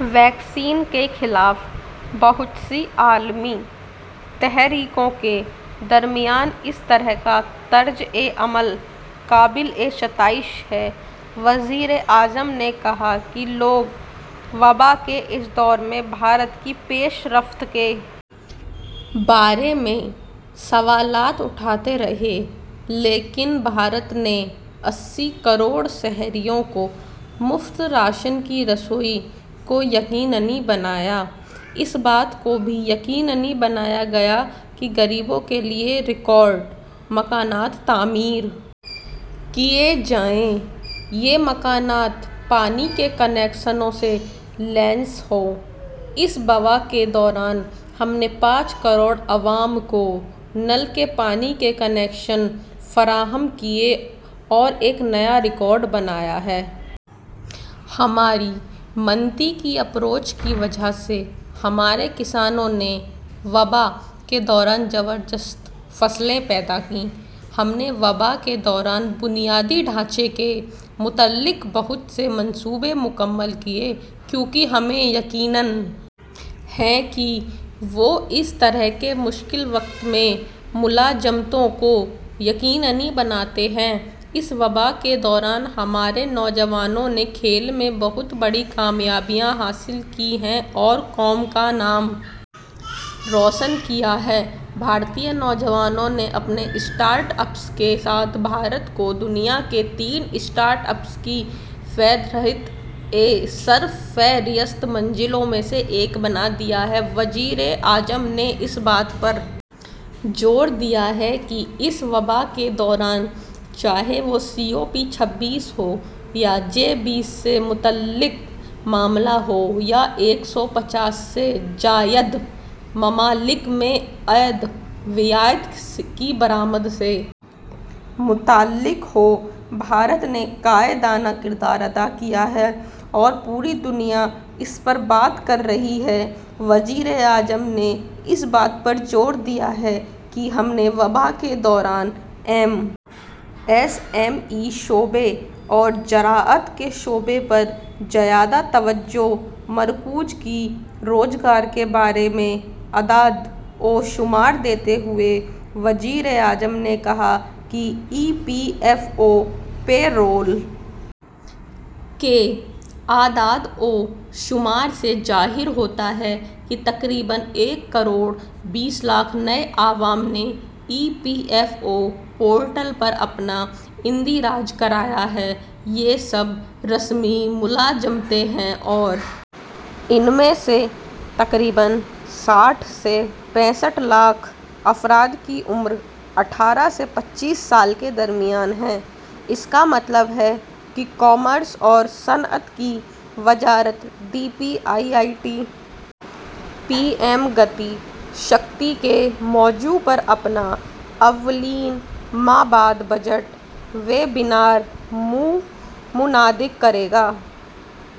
vaccine کے خلاف بہت سی عالمی تحریکوں کے درمیان اس طرح کا طرز عمل قابل ستائش ہے وزیر اعظم نے کہا کہ لوگ وبا کے اس دور میں بھارت کی پیش رفت کے بارے میں سوالات اٹھاتے رہے لیکن بھارت نے اسی کروڑ شہریوں کو مفت راشن کی رسائی کو یقینی بنایا اس بات کو بھی یقینی بنایا گیا کہ غریبوں کے لیے ریکارڈ مکانات تعمیر کیے جائیں یہ مکانات پانی کے کنکشنوں سے لیس ہوں اس وبا کے دوران ہم نے پانچ کروڑ عوام کو نل کے پانی کے کنکشن فراہم کیے اور ایک نیا ریکارڈ بنایا ہے ہماری منطقی اپروچ کی وجہ سے ہمارے کسانوں نے وبا کے دوران زبردست فصلیں پیدا کیں ہم نے وبا کے دوران بنیادی ڈھانچے سے متعلق بہت سے منصوبے مکمل کیے کیونکہ ہمیں یقین ہے کہ وہ اس طرح کے مشکل وقت میں ملازمتوں کو یقینی بناتے ہیں اس وبا کے دوران ہمارے نوجوانوں نے کھیلوں میں بہت بڑی کامیابیاں حاصل کی ہیں اور قوم کا نام روشن کیا ہے بھارتی نوجوانوں نے اپنے اسٹارٹ اپس کے ساتھ بھارت کو دنیا کے تین اسٹارٹ اپس کی سرفہرست منزلوں میں سے ایک بنا دیا ہے وزیر اعظم نے اس بات پر زور دیا کہ اس وبا کے دوران چاہے وہ سی او پی چھبیس ہو یا جی بیس سے متعلق معاملہ ہو یا ایک سو پچاس سے زائد ممالک میں ادویات کی برآمد سے متعلق ہو بھارت نے قائدانہ کردار ادا کیا ہے اور پوری دنیا اس پر بات کر رہی ہے وزیر اعظم نے اس بات پر زور دیا کہ ہم نے وبا کے دوران ایم ایس ایم ای شعبے اور زراعت کے شعبے پر زیادہ توجہ مرکوز کی روزگار کے بارے میں اعداد و شمار دیتے ہوئے وزیر اعظم نے کہا کہ E P F O payroll کے اعداد و شمار سے ظاہر ہوتا ہے کہ تقریباً ایک کروڑ بیس لاکھ نئے عوام نے E P F O portal پر اپنا اندراج کرایا ہے یہ سب رسمی ملازمتیں ہیں اور ان میں سے تقریباً ساٹھ سے پینسٹھ لاکھ افراد کی عمر اٹھارہ سے پچیس سال کے درمیان ہے اس کا مطلب ہے کہ کامرس اور صنعت کی وزارت D P I I T P M Gati Shakti کے موضوع پر اپنا اولین مابعد بجٹ ویبینار منعقد کرے گا